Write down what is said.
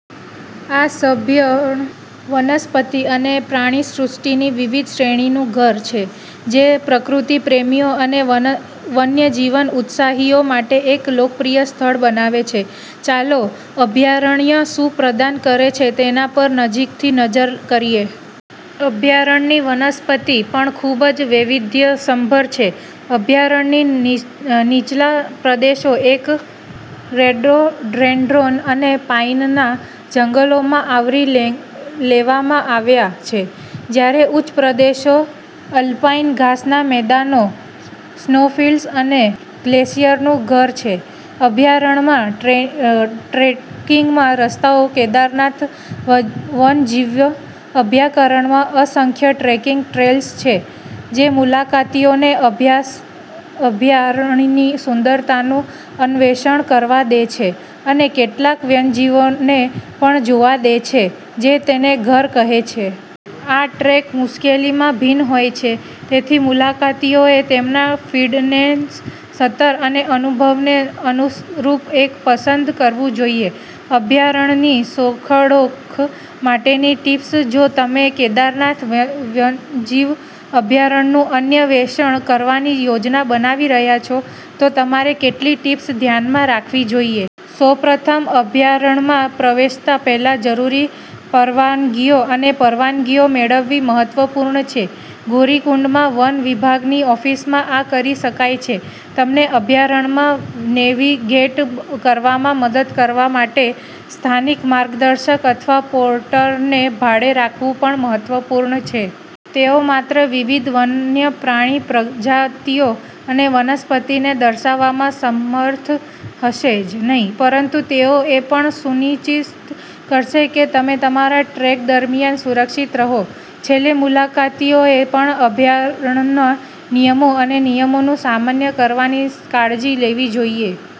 આ અભયારણ્ય વનસ્પતિ અને પ્રાણીસૃષ્ટિની વિવિધ શ્રેણીનું ઘર છે જે તેને પ્રકૃતિ પ્રેમીઓ અને વન્યજીવન ઉત્સાહીઓ માટે એક લોકપ્રિય સ્થળ બનાવે છે. ચાલો અભયારણ્ય શું પ્રદાન કરે છે તેના પર નજીકથી નજર કરીએ. અભયારણ્યની વનસ્પતિ પણ ખૂબ જ વૈવિધ્યસભર છે. અભયારણ્યના નીચલા પ્રદેશો ઓક, રોડોડેન્ડ્રોન અને પાઈનના જંગલોમાં આવરી લેવામાં આવ્યા છે, જ્યારે ઉચ્ચ પ્રદેશો આલ્પાઈન ઘાસના મેદાનો, સ્નોફિલ્ડ્સ અને ગ્લેશિયર્સનું ઘર છે. અભયારણ્યમાં ટ્રેકિંગના રસ્તાઓ કેદારનાથ વન્યજીવ અભયારણ્યમાં અસંખ્ય ટ્રેકિંગ ટ્રેલ્સ છે જે મુલાકાતીઓને અભયારણ્યની સુંદરતાનું અન્વેષણ કરવા દે છે અને કેટલાક વન્યજીવોને પણ જોવા દે છે જે તેને ઘર કહે છે. આ ટ્રેક મુશ્કેલીમાં ભિન્ન હોય છે, તેથી મુલાકાતીઓએ તેમના ફિટનેસ સ્તર અને અનુભવને અનુરૂપ એક પસંદ કરવું જોઈએ. અભયારણ્યની શોધખોળ માટેની ટિપ્સ જો તમે કેદારનાથ વન્યજીવ અભયારણ્યનું અન્વેષણ કરવાની યોજના બનાવી રહ્યા છો, તો તમારે કેટલીક ટીપ્સ ધ્યાનમાં રાખવી જોઈએ. સૌપ્રથમ, અભયારણ્યમાં પ્રવેશતા પહેલા જરૂરી પરવાનગીઓ અને પરવાનગીઓ મેળવવી મહત્વપૂર્ણ છે. ગૌરીકુંડમાં વન વિભાગની ઓફિસમાં આ કરી શકાય છે. તમને અભયારણ્યમાં નેવિગેટ કરવામાં મદદ કરવા માટે સ્થાનિક માર્ગદર્શક અથવા પોર્ટરને ભાડે રાખવું પણ મહત્વપૂર્ણ છે. તેઓ માત્ર વિવિધ વન્યપ્રાણી પ્રજાતિઓ અને વનસ્પતિને દર્શાવવામાં સમર્થ હશે જ નહીં, પરંતુ તેઓ એ પણ સુનિશ્ચિત કરશે કે તમે તમારા ટ્રેક દરમિયાન સુરક્ષિત રહો. છેલ્લે, મુલાકાતીઓએ પણ અભયારણ્યના નિયમો અને નિયમોનું સન્માન કરવાની કાળજી લેવી જોઈએ.